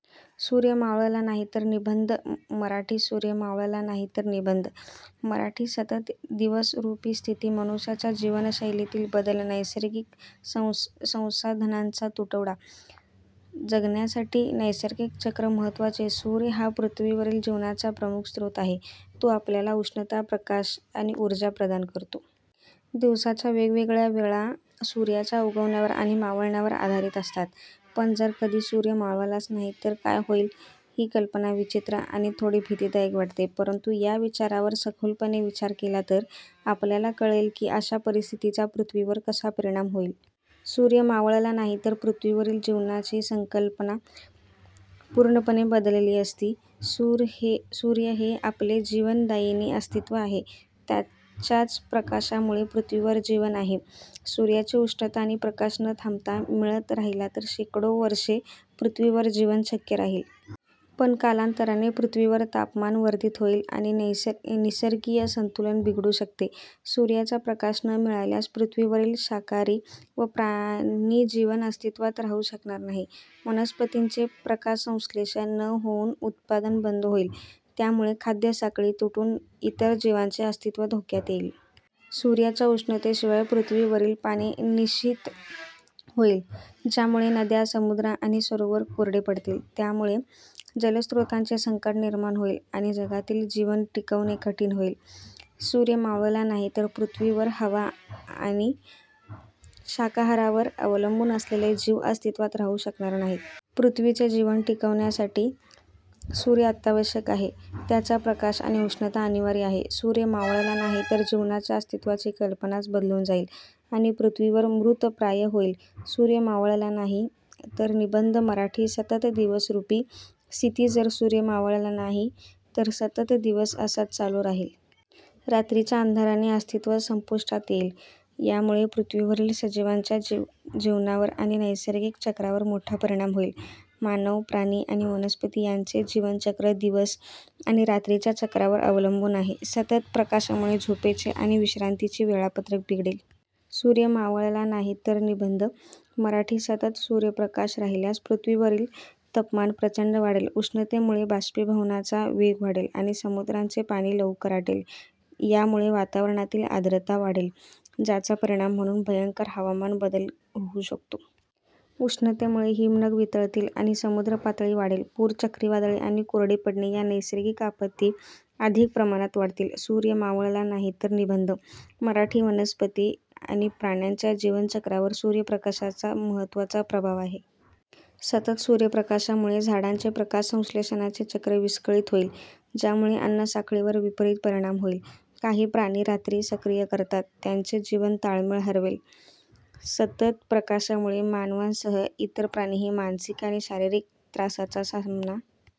सूर्य मावळला नाही तर निबंध मराठी सूर्य मावळला नाही तर निबंध मराठी सतत दिवसरूपी स्थिती मनुष्याच्या जीवनशैलीतील बदल नैसर्गिक संसाधनांचा तुटवडा जगण्यासाठी नैसर्गिक चक्र महत्त्वाचे सूर्य हा पृथ्वीवरील जीवनाचा प्रमुख स्रोत आहे. तो आपल्याला उष्णता, प्रकाश आणि ऊर्जा प्रदान करतो. दिवसाच्या वेगवेगळ्या वेळा सूर्याच्या उगवण्यावर आणि मावळण्यावर आधारित असतात. पण जर कधी सूर्य मावळलाच नाही, तर काय होईल? ही कल्पना विचित्र आणि थोडी भीतीदायक वाटते. परंतु या विचारावर सखोलपणे विचार केला तर आपल्याला कळेल की अशा परिस्थितीचा पृथ्वीवर कसा परिणाम होईल. सूर्य मावळला नाही तर पृथ्वीवरील जीवनाची संकल्पना पूर्णपणे बदलली असती. सूर्य हे आपले जीवनदायिनी अस्तित्व आहे. त्याच्याच प्रकाशामुळे पृथ्वीवर जीवन आहे. सूर्याची उष्णता आणि प्रकाश न थांबता मिळत राहिला तर शेकडो वर्षे पृथ्वीवर जीवन शक्य राहील. पण कालांतराने पृथ्वीवर तापमान वर्धित होईल आणि निसर्गीय संतुलन बिघडू शकते. सूर्याचा प्रकाश न मिळाल्यास पृथ्वीवरील शाकाहारी व प्राणी जीवन अस्तित्वात राहू शकणार नाही. वनस्पतींचे प्रकाशसंश्लेषण न होऊन उत्पादन बंद होईल. त्यामुळे खाद्य साखळी तुटून इतर जीवांचे अस्तित्व धोक्यात येईल. सूर्याच्या उष्णतेशिवाय पृथ्वीवरील पाणी निःशीत होईल, ज्यामुळे नद्या, समुद्र आणि सरोवर कोरडे पडतील. त्यामुळे जलस्रोतांचे संकट निर्माण होईल, आणि जगातील जीवन टिकवणे कठीण होईल. सूर्य मावळला नाही तर पृथ्वीवर हवा, पाणी आणि शाकाहारावर अवलंबून असलेले जीव अस्तित्वात राहू शकणार नाहीत. पृथ्वीचे जीवन टिकवण्यासाठी सूर्य अत्यावश्यक आहे. त्याचा प्रकाश आणि उष्णता अनिवार्य आहे. सूर्य मावळला नाही तर जीवनाच्या अस्तित्वाची कल्पनाच बदलून जाईल आणि पृथ्वीवर मृतप्राय होईल. सूर्य मावळला नाही तर निबंध मराठी सतत दिवसरूपी स्थिती जर सूर्य मावळला नाही, तर सतत दिवस असाच चालू राहील. रात्रीच्या अंधाराचे अस्तित्व संपुष्टात येईल. यामुळे पृथ्वीवरील सजीवांच्या जीवनावर आणि नैसर्गिक चक्रावर मोठा परिणाम होईल. मानव, प्राणी आणि वनस्पती यांचे जीवन चक्र दिवस आणि रात्रीच्या चक्रावर अवलंबून आहे. सतत प्रकाशामुळे झोपेचे आणि विश्रांतीचे वेळापत्रक बिघडेल. सूर्य मावळला नाही तर निबंध मराठी सतत सूर्यप्रकाश राहिल्यास पृथ्वीवरील तापमान प्रचंड वाढेल. उष्णतेमुळे बाष्पीभवनाचा वेग वाढेल आणि समुद्रांचे पाणी लवकर आटेल. यामुळे वातावरणातील आर्द्रता वाढेल, ज्याचा परिणाम म्हणून भयंकर हवामान बदल होऊ शकतो. उष्णतेमुळे हिमनग वितळतील आणि समुद्र पातळी वाढेल. पूर, चक्रीवादळे आणि कोरडे पडणे या नैसर्गिक आपत्ती अधिक प्रमाणात वाढतील. सूर्य मावळला नाही तर निबंध मराठी वनस्पती आणि प्राण्यांच्या जीवन चक्रावर सूर्यप्रकाशाचा महत्त्वाचा प्रभाव आहे. सतत सूर्यप्रकाशामुळे झाडांचे प्रकाशसंश्लेषणाचे चक्र विस्कळीत होईल, ज्यामुळे अन्नसाखळीवर विपरीत परिणाम होईल. काही प्राणी रात्री सक्रिय राहतात, त्यांचे जीवन ताळमेळ हरवेल. सतत प्रकाशामुळे मानवांसह इतर प्राणीही मानसिक आणि शारीरिक त्रासाचा सामना